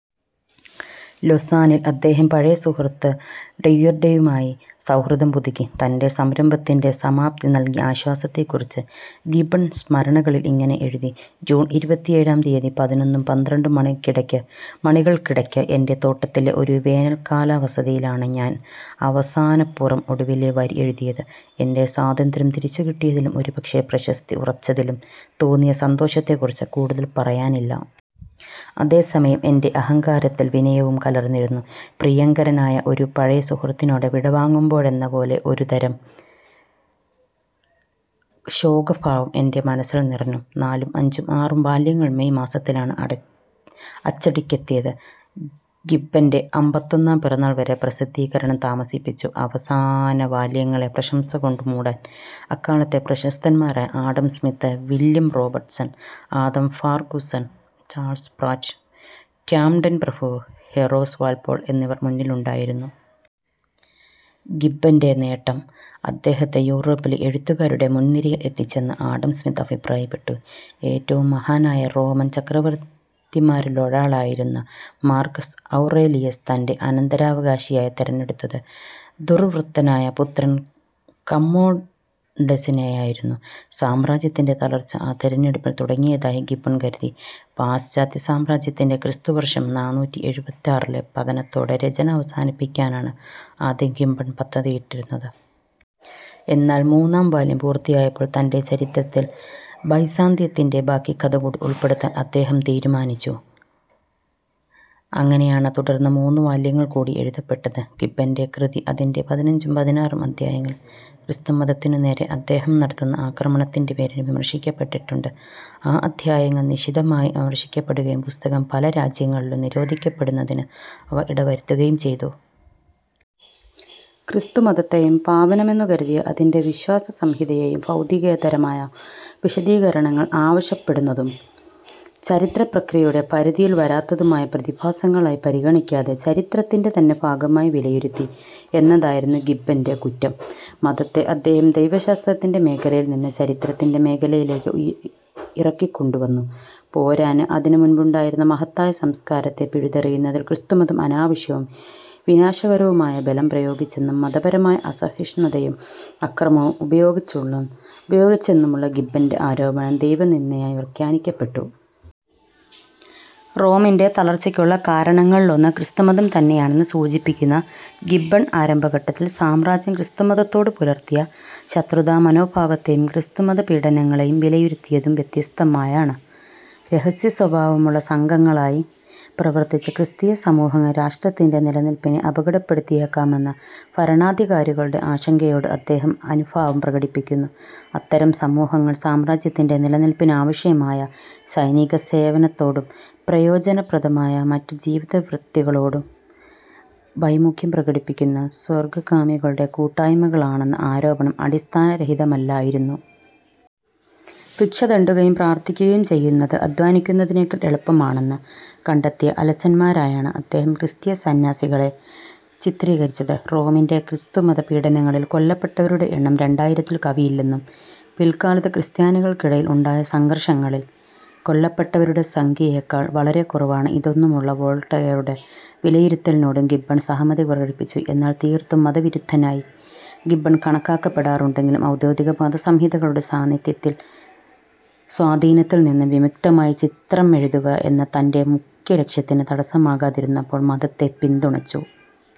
ലുസാനിൽ അദ്ദേഹം പഴയ സുഹൃത്ത് ഡെയ്വർഡോയുമായി സൗഹൃദം പുതുക്കി. തൻ്റെ സംരംഭത്തിൻ്റെ സമാപ്തി നൽകിയ ആശ്വാസത്തെക്കുറിച്ച് ഗിബ്ബൺ സ്മരണകളിൽ ഇങ്ങനെ എഴുതി ജൂൺ ഇരുപത്തിയേഴാം തിയതി പതിനൊന്നും പന്ത്രണ്ടും മണിക്കിടക്ക് മണികൾക്കിടക്ക് എൻ്റെ തോട്ടത്തിലെ ഒരു വേനൽക്കാലവസതിയിലാണ് ഞാൻ അവസാനപുറം ഒടുവിലെ വരി എഴുതിയത്. എൻ്റെ സാതന്ത്ര്യം തിരിച്ചുകിട്ടിയതിലും ഒരുപക്ഷേ പ്രശസ്തി ഉറച്ചതിലും തോന്നിയ സന്തോഷത്തെക്കുറിച്ച് കൂടുതൽ പറയാനില്ല. അതേസമയം എൻ്റെ അഹങ്കാരത്തിൽ വിനയവും കലർന്നിരുന്നു. പ്രിയങ്കരനായ ഒരു പഴയ സുഹൃത്തിനോട് വിടവാങ്ങുമ്പോഴെന്നപോലെ ഒരുതരം ശോകഭാവം എൻ്റെ മനസ്സിൽ നിറഞ്ഞു. നാലും അഞ്ചും ആറും ബാല്യങ്ങൾ മേയ് മാസത്തിലാണ് അട അച്ചടിക്കെത്തിയത്. ഗിബ്ബൻ്റെ അമ്പത്തൊന്നാം പിറന്നാൾ വരെ പ്രസിദ്ധീകരണം താമസിപ്പിച്ചു. അവസാനവാല്യങ്ങളെ പ്രശംസകൊണ്ടു മൂടാൻ അക്കാലത്തെ പ്രശസ്തന്മാരായ Adam Smith, William Robertson, Adam Ferguson, Charles Pratt, Camden പ്രഭു, ഹൊറേസ് വാൽപോൾ എന്നിവർ മുന്നിലുണ്ടായിരുന്നു. ഗിബ്ബൻ്റെ നേട്ടം അദ്ദേഹത്തെ യൂറോപ്പില് എഴുത്തുകാരുടെ മുൻനിരയിൽ എത്തിച്ചെന്ന് ആഡം സ്മിത്ത് അഭിപ്രായപ്പെട്ടു. ഏറ്റവും മഹാനായ റോമൻ ചക്രവർത്തിമാരിലൊരാളായിരുന്ന മാർക്കസ് ഔറേലിയസ് തൻ്റെ അനന്തരാവകാശിയായി തെരഞ്ഞെടുത്തത് ദുർവൃത്തനായ പുത്രൻ കമ്മോഡസിനെയായിരുന്നു. സാമ്രാജ്യത്തിൻ്റെ തളർച്ച ആ തെരഞ്ഞെടുപ്പിൽ തുടങ്ങിയതായി ഗിബ്ബൺ കരുതി. പാശ്ചാത്യസാമ്രാജ്യത്തിൻ്റെ ക്രിസ്തുവർഷം നാനൂറ്റി എഴുപത്താറിലെ പതനത്തോടെ രചന അവസാനിപ്പിക്കാനാണ് ആദ്യം ഗിബ്ബൺ പദ്ധതിയിട്ടിരുന്നത്. എന്നാൽ മൂന്നാം വാല്യം പൂർത്തിയായപ്പോൾ തൻ്റെ ചരിത്രത്തിൽ ബൈസാന്തിയത്തിൻ്റെ ബാക്കി കഥ കൂടി ഉൾപ്പെടുത്താൻ അദ്ദേഹം തീരുമാനിച്ചു. അങ്ങനെയാണ് തുടർന്ന് മൂന്നുവാല്യങ്ങൾ കൂടി എഴുതപ്പെട്ടത്. ഗിബ്ബൻ്റെ കൃതി അതിൻ്റെ പതിനഞ്ചും പതിനാറും അദ്ധ്യായങ്ങൾ ക്രിസ്തുമതത്തിനുനേരേ അദ്ദേഹം നടത്തുന്ന ആക്രമണത്തിൻ്റെ പേരിൽ വിമർശിക്കപ്പെട്ടിട്ടുണ്ട്. ആ അദ്ധ്യായങ്ങൾ നിശിതമായി വിമർശിക്കപ്പെടുകയും പുസ്തകം പല രാജ്യങ്ങളിലും നിരോധിക്കപ്പെടുന്നതിന് അവ ഇടവരുത്തുകയും ചെയ്തു. ക്രിസ്തുമതത്തേയും പാവനമെന്നുകരുതിയ അതിൻ്റെ വിശ്വാസസംഹിതയേയും ഭൗതികേതരമായ വിശദീകരണങ്ങൾ ആവശ്യപ്പെടുന്നതും ചരിത്രപ്രക്രിയയുടെ പരിധിയിൽ വരാത്തതുമായ പ്രതിഭാസങ്ങളെ പരിഗണിക്കാതെ ചരിത്രത്തിൻ്റെ തന്നെ ഭാഗമായി വിലയിരുത്തി എന്നതായിരുന്നു ഗിബ്ബൻ്റെ കുറ്റം. മതത്തെ അദ്ദേഹം ദൈവശാസ്ത്രത്തിൻ്റെ മേഖലയിൽ നിന്ന് ചരിത്രത്തിൻ്റെ മേഖലയിലേക്ക് ഈ ഇറക്കിക്കൊണ്ടുവന്നു. പോരാന് അതിനുമുൻപുണ്ടായിരുന്ന മഹത്തായ സംസ്കാരത്തെ പിഴുതെറിയുന്നതിൽ ക്രിസ്തുമതം അനാവശ്യവും വിനാശകരവുമായ ബലം പ്രയോഗിച്ചെന്നും മതപരമായ അസഹിഷ്ണതയും അക്രമവും ഉപയോഗിച്ചെന്നു ഉപയോഗിച്ചെന്നുമുള്ള ഗിബ്ബൻ്റെ ആരോപണം ദൈവനിന്ദയായി വിഖ്യാനിക്കപ്പെട്ടു. റോമിൻ്റെ തളർച്ചക്കുള്ള കാരണങ്ങൾളൊന്ന് ക്രിസ്തുമതം തന്നെയാണെന്ന് സൂചിപ്പിക്കുന്ന ഗിബ്ബൺ ആരംഭഘട്ടത്തിൽ സാമ്രാജ്യം ക്രിസ്തുമതത്തോടുപുലർത്തിയ ശത്രുതാമനോഭാവത്തേയും ക്രിസ്തുമതപീഡനങ്ങളേയും വിലയിരുത്തിയതും വ്യത്യസ്തമായാണ്. രഹസ്യസ്വഭാവമുള്ള സംഘങ്ങളായി പ്രവർത്തിച്ച ക്രിസ്തീയസമൂഹങ്ങൾ രാഷ്ട്രത്തിൻ്റെ നിലനില്പിനെ അപകടപ്പെടുത്തിയേക്കാമെന്ന ഭരണാധികാരികളുടെ ആശങ്കയോട് അദ്ദേഹം അനുഫാവം പ്രകടിപ്പിക്കുന്നു. അത്തരം സമൂഹങ്ങൾ, സാമ്രാജ്യത്തിൻ്റെ നിലനില്പിനാവശ്യമായ സൈനികസേവനത്തോടും പ്രയോജനപ്രദമായ മറ്റു ജീവിതവൃത്തികളോടും വൈമുഖ്യം പ്രകടിപ്പിക്കുന്ന സ്വർഗ്ഗകാമികളുടെ കൂട്ടായ്മകളാണെന്ന ആരോപണം അടിസ്ഥാനരഹിതമല്ലായിരുന്നു. ഭിക്ഷതെണ്ടുകയും പ്രാർത്ഥിക്കുകയും ചെയ്യുന്നത് അദ്ധ്വാനിക്കുന്നതിനേക്കാൾ എളുപ്പമാണെന്ന് കണ്ടെത്തിയ അലസന്മാരായാണ് അദ്ദേഹം ക്രിസ്തിയ സന്യാസികളെ ചിത്രീകരിച്ചത്. റോമിൻ്റെ ക്രിസ്തുമതപീഡനങ്ങളിൽ കൊല്ലപ്പെട്ടവരുടെ എണ്ണം രണ്ടായിരത്തിൽ കവിയില്ലെന്നും പിൽക്കാലത്ത് ക്രിസ്ത്യാനികൾക്കിടയിൽ ഉണ്ടായ സംഘർഷങ്ങളിൽ കൊല്ലപ്പെട്ടവരുടെ സംഖ്യയേക്കാൾ വളരെക്കുറവാണ് ഇതെന്നുമുള്ള വോൾട്ടയറുടെ വിലയിരുത്തലിനോടങ്കിൽ സഹമതി പ്രകടിപ്പിച്ചു. എന്നാൽ തീർത്തും മതവിരുദ്ധനായി ഗിബ്ബൺ കണക്കാക്കപ്പെടാറുണ്ടെങ്കിലും ഔദ്യോഗിക മതസംഹിതകളുടെ സാനിദ്ധ്യത്തിൽ സ്വാധീനത്തിൽ നിന്ന് വിമുക്തമായി ചിത്രംമെഴുതുക എന്ന തൻ്റെ മുഖ്യലക്ഷ്യത്തിന് തടസമാകാതിരുന്നപ്പോൾ മതത്തെ പിന്തുണച്ചു.